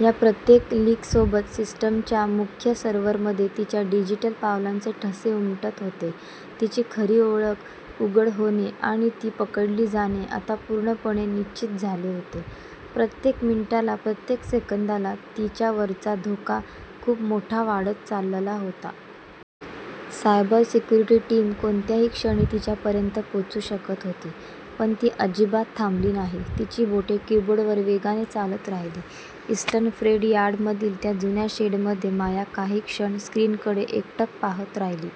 या प्रत्येक लीकसोबत सिस्टीमच्या मुख्य सर्व्हरमध्ये तिच्या डिजिटल पावलांचे ठसे उमटत होते. तिची खरी ओळख उघड होणे आणि ती पकडली जाणे आता पूर्णपणे निश्चित झाले होते. प्रत्येक मिनिटाला, प्रत्येक सेकंदाला तिच्यावरचा धोका खूप वाढत चालला होता. सायबर सिक्युरिटी टीम कोणत्याही क्षणी तिच्यापर्यंत पोहोचू शकत होती, पण ती अजिबात थांबली नाही. तिची बोटे किबोर्डवर वेगाने चालत राहिली. इस्टर्न फ्रेट यार्डमधील त्या जुन्या शेडमध्ये माया काही क्षण स्क्रीनकडे एकटक पाहत राहिली.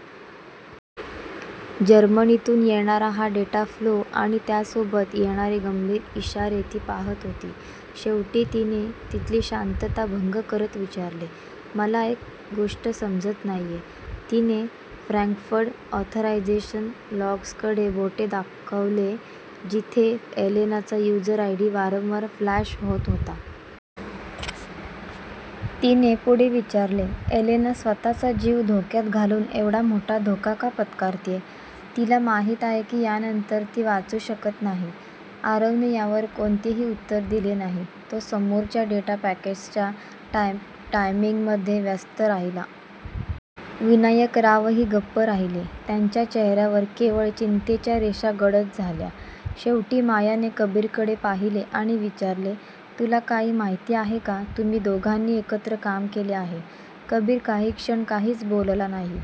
जर्मनीतून येणारा हा डेटा फ्लो आणि त्यासोबत येणारे गंभीर इशारे ती पाहत होती. शेवटी तिने तिथली शांतता भंग करत विचारले, "मला एक गोष्ट समजत नाहीये. " तिने फ्रँकफर्ट ऑथरायझेशन लॉग्सकडे बोट दाखवले, जिथे एलेनाचा युझर आयडी वारंवार फ्लॅश होत होता. तिने पुढे विचारले, "एलेना स्वतःचा जीव धोक्यात घालून एवढा मोठा धोका का पत्करतेय? तिला माहीत आहे की यानंतर ती वाचू शकत नाही. " आरवने यावर कोणतेही उत्तर दिले नाही, तो समोरच्या डेटा पॅकेट्सच्या टायमिंगमध्ये व्यस्त राहिला. विनायकरावही गप्प राहिले, त्यांच्या चेहऱ्यावर केवळ चिंतेच्या रेषा गडद झाल्या. शेवटी मायाने कबीरकडे पाहिले आणि विचारले, "तुला काही माहिती आहे का? तुम्ही दोघांनी एकत्र काम केले आहे. " कबीर काही क्षण काहीच बोलला नाही.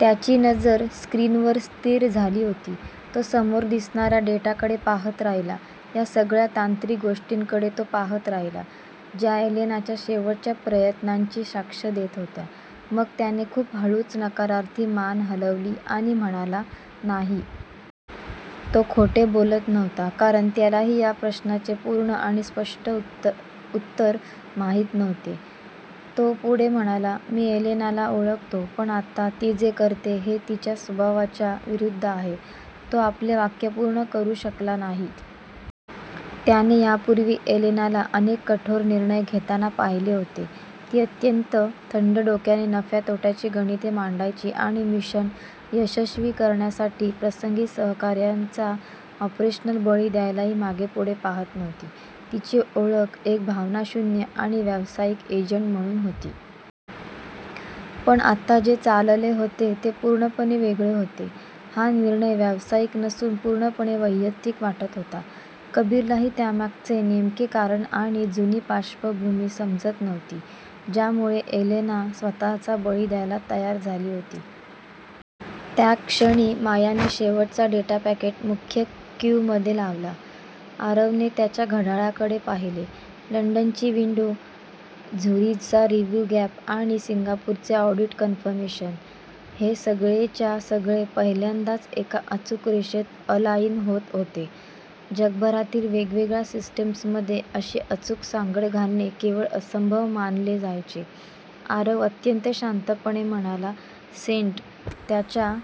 त्याची नजर स्क्रीनवर स्थिर झाली होती. तो समोर दिसणाऱ्या डेटाकडे पाहत राहिला. या सगळ्या तांत्रिक गोष्टींकडे तो पाहत राहिला, ज्या एलेनाच्या शेवटच्या प्रयत्नांची साक्ष देत होत्या. मग त्याने खूप हळूच नकारार्थी मान हलवली आणि म्हणाला, "नाही. " तो खोटे बोलत नव्हता, कारण त्यालाही या प्रश्नाचे पूर्ण आणि स्पष्ट उत्तर माहीत नव्हते. तो पुढे म्हणाला, "मी एलेनाला ओळखतो, पण आत्ता ती जे करतेय, हे तिच्या स्वभावाच्या विरुद्ध आहे. " तो आपले वाक्य पूर्ण करू शकला नाही. त्याने यापूर्वी एलेनाला अनेक कठोर निर्णय घेताना पाहिले होते. ती अत्यंत थंड डोक्याने नफ्या-तोट्याची गणिते मांडायची आणि मिशन यशस्वी करण्यासाठी प्रसंगी सहकाऱ्यांचा ऑपरेशनल बळी द्यायलाही मागेपुढे पाहत नव्हती. तिची ओळख एक भावनाशून्य आणि व्यावसायिक एजंट म्हणून होती. पण आत्ता जे चालले होते ते पूर्णपणे वेगळे होते. हा निर्णय व्यावसायिक नसून पूर्णपणे वैयक्तिक वाटत होता. कबीरलाही त्यामागचे नेमके कारण आणि जुनी पार्श्वभूमी समजत नव्हती, ज्यामुळे एलेना स्वतःचा बळी द्यायला तयार झाली होती. त्याच क्षणी मायाने शेवटचा डेटा पॅकेट मुख्य क्यूमध्ये लावला. आरवने त्याच्या घड्याळाकडे पाहिले. लंडनची विंडो, झुरिचचा रिव्ह्यू गॅप आणि सिंगापूरचे ऑडिट कन्फर्मेशन... हे सगळेच्या सगळे पहिल्यांदाच एका अचूक रेषेत अलाईन होत होते. जगभरातील वेगवेगळ्या सिस्टीम्समध्ये अशी अचूक सांगड घालणे केवळ असंभव मानले जायचे. आरव अत्यंत शांतपणे म्हणाला, "सेंड. " त्याच्या